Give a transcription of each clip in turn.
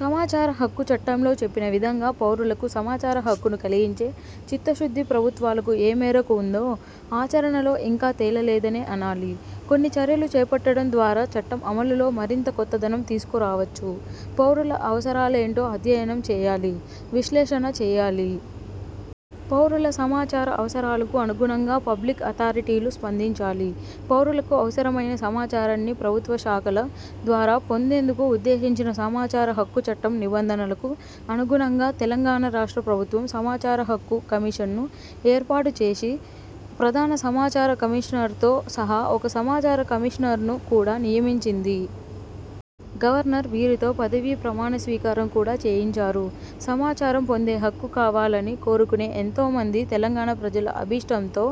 సమాచార హక్కు చట్టంలో చెప్పిన విధంగా పౌరులకు సమాచార హక్కును కలిగించే చిత్తశుద్ధి ప్రభుత్వాలకు ఏమేరకు ఉందో ఆచరణలో ఇంకా తేల లేదనే అనాలి. కొన్ని చర్యలు చేపట్టడం ద్వారా చట్టం అమలులో మరింత కొత్తదనం తీసుకురావచ్చు. పౌరుల అవసరాలేంటో అధ్యయనం చేయాలి, విశ్లేషణ చేయాలి. పౌరుల సమాచార అవసరాలకు అనుగుణంగా పబ్లిక్ అథారిటీలు స్పందించాలి. పౌరులకు అవసరమైన సమాచారాన్ని ప్రభుత్వ శాఖల ద్వారా పొందేందుకు ఉద్దేశించిన సమాచార హక్కు చట్టం నిబంధనలకు అనుగుణంగా, తెలంగాణ రాష్ట్ర ప్రభుత్వం సమాచార హక్కు కమిషన్ను ఏర్పాటుచేసి, ప్రధాన సమాచార కమిషనర్తో సహా ఒక సమాచార కమిషనర్ను కూడా నియమించింది. గవర్నర్ వీరితో పదవీ ప్రమాణ స్వీకారం కూడా చేయించారు. సమాచారం పొందే హక్కు కావాలని కోరుకునే ఎంతోమంది తెలంగాణ ప్రజల అభీష్టంతో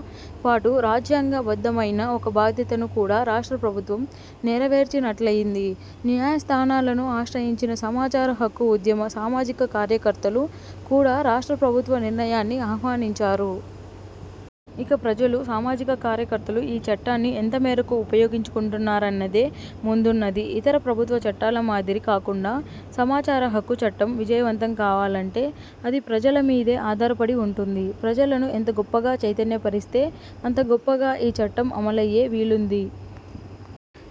పాటు రాజ్యాంగ బద్ధమైన ఒక బాధ్యతను కూడా రాష్ట్ర ప్రభుత్వం నేరవేర్చినట్లయింది. న్యాయ స్థానాలను ఆశ్రయించిన సమాచార హక్కు ఉద్యమ సామాజిక కార్యకర్తలు కూడా రాష్ట్ర ప్రభుత్వ నిర్ణయాన్ని ఆహ్వానించారు. ఇక ప్రజలు, సామాజిక కార్యకర్తలు ఈ చట్టాన్ని ఎంతమేరకు ఉపయోగించుకుంటారన్నదే ముందున్నది! ఇతర ప్రభుత్వ చట్టాల మాదిరి కాకుండా, సమాచార హక్కు చట్టం విజయవంతం కావాలంటే, అది ప్రజల మీదే ఆధారపడి వుంటుంది. ప్రజలను ఎంత గొప్పగా చైతన్య పరిస్తే, అంత గొప్పగా ఈ చట్టం అమలయ్యే వీలుంది.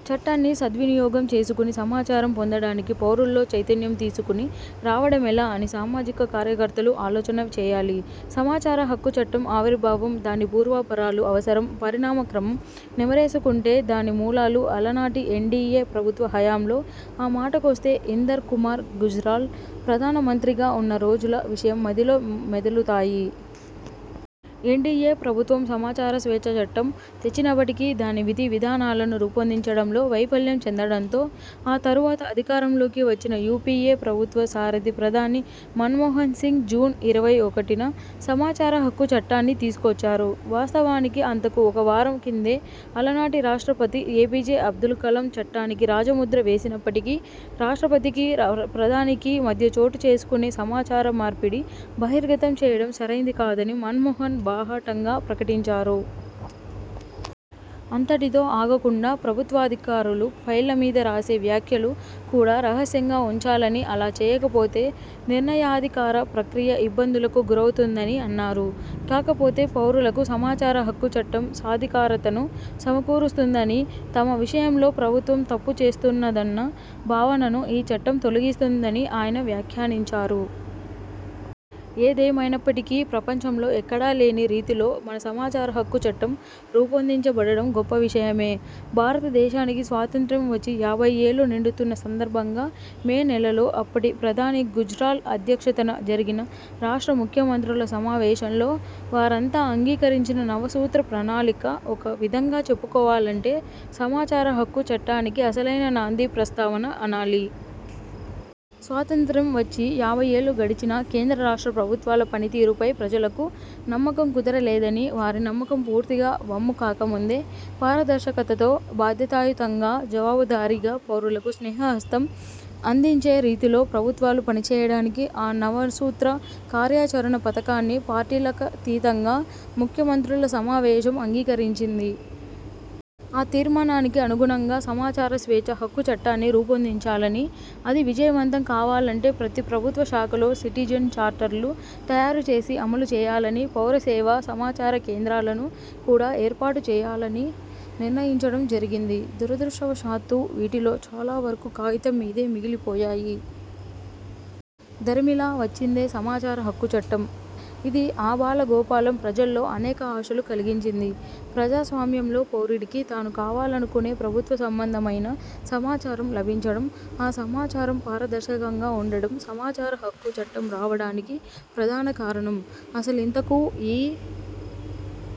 చట్టాన్ని సద్వినియోగం చేసుకుని సమాచారం పొందడానికి పౌరుల్లో చైతన్యం తీసుకుని రావడమెలా అని సామాజిక కార్యకర్తలు ఆలోచన చేయాలి. సమాచార హక్కు చట్టం ఆవిర్భావం, దాని పూర్వాపరాలు, అవసరం, పరిణామ క్రమం నెమరేసుకుంటే, దాని మూలాలు, అలనాటి ఎన్డీయే ప్రభుత్వ హయాంలో, ఆ మాటకొస్తే, ఇందర్ కుమార్ గుజ్రాల్ ప్రధాన మంత్రిగా వున్న రోజుల విషయం మదిలో మెదలుతాయి. ఎన్డీయే ప్రభుత్వం సమాచార స్వేచ్ఛ చట్టం తెచ్చినప్పటికీ, దాని విధి, విధానాలను రూపొందించడంలో వైఫల్యం చెందడంతో, ఆ తరువాత అధికారంలోకి వచ్చిన యూపీఏ ప్రభుత్వ సారథి ప్రధాని మన్మోహన్ సింగ్ జూన్ ఇరవై ఒకటిన సమాచార హక్కు చట్టాన్ని తీసుకొచ్చారు. వాస్తవానికి, అంతకు ఒక వారం కిందే అలనాటి రాష్ట్రపతి ఏపీజే అబ్దుల్ కలాం చట్టానికి రాజముద్ర వేసినప్పటికీ, రాష్ట్రపతికీ, ప్రధానికీ మధ్య చోటు చేసుకునే 'సమాచార మార్పిడి' బహిర్గతం చేయడం సరైంది కాదని మన్మోహన్ బాహాటంగా ప్రకటించారు. అంతటితో ఆగకుండా, ప్రభుత్వాధికారులు ఫైళ్ళ మీద రాసే వ్యాఖ్యలు కూడా రహస్యంగా ఉంచాలనీ, అలా చేయకపోతే, నిర్ణయాధికార ప్రక్రియ ఇబ్బందులకు గురవుతుందనీ అన్నారు. కాకపొతే, పౌరులకు సమాచారహక్కు చట్టం సాధికారతను సమకూరుస్తుందనీ, తమ విషయం లో ప్రభుత్వం తప్పు చేస్తున్నదన్న భావనను ఈ చట్టం తొలగిస్తుందనీ ఆయన వ్యాఖ్యానించారు. ఏదేమైనప్పటికీ ప్రపంచంలో ఎక్కడా లేని రీతిలో మన సమాచార హక్కు చట్టం రూపొందించబడడం గొప్ప విషయమే! భారత దేశానికి స్వాతంత్ర్యం వచ్చి యాభై ఏళ్లు నిండుతున్న సందర్భంగా మే నెలలో, అప్పటి ప్రధాని గుజ్రాల్ అధ్యక్షతన జరిగిన రాష్ట్ర ముఖ్యమంత్రుల సమావేశంలో, వారంతా అంగీకరించిన 'నవ సూత్ర ప్రణాళిక', ఒక విధంగా చెప్పుకోవాలంటే, సమాచారహక్కు చట్టానికి అసలైన నాందీ ప్రస్తావన అనాలి. స్వాతంత్ర్యం వచ్చి యాభై ఏళ్లు గడిచినా, కేంద్ర, రాష్ట్ర ప్రభుత్వాల పని తీరుపై ప్రజలకు నమ్మకం కుదరలేదనీ, వారి నమ్మకం పూర్తిగా వమ్ము కాకముందే, పారదర్శకతతో, బాధ్యతాయుతంగా, జవాబు దారీగా, పౌరులకు స్నేహ హస్తం అందించే రీతిలో ప్రభుత్వాలు పనిచేయడానికి ఆ నవసూత్ర కార్యాచరణ పథకాన్ని పార్టీలకతీతంగా ముఖ్యమంత్రుల సమావేశం అంగీకరించింది. ఆ తీర్మానానికి అనుగుణంగా సమాచార స్వేచ్ఛ హక్కు చట్టాన్ని రూపొందించాలనీ, అది విజయవంతం కావాలంటే, ప్రతి ప్రభుత్వ శాఖలో సిటిజెన్ చార్టర్లు తయారు చేసి అమలు చేయాలనీ, పౌర సేవా, సమాచార కేంద్రాలను కూడా ఏర్పాటు చేయాలనీ నిర్ణయించడం జరిగింది. దురదృష్టవశాత్తూ వీటిలో చాలా వరకు కాగితం మీదే మిగిలిపోయాయి. దరిమిలా వచ్చిందే సమాచార హక్కు చట్టం. ఇది ఆబాలగోపాలం ప్రజల్లో అనేక ఆశలు కలిగించింది. ప్రజాస్వామ్యంలో పౌరుడికి, తాను కావాలనుకునే ప్రభుత్వ సంబంధమైన సమాచారం లభించడం, ఆ సమాచారం పారదర్శకంగా వుండడం సమాచార హక్కు చట్టం రావడానికి ప్రధాన కారణం. అసలింతకూ ఈ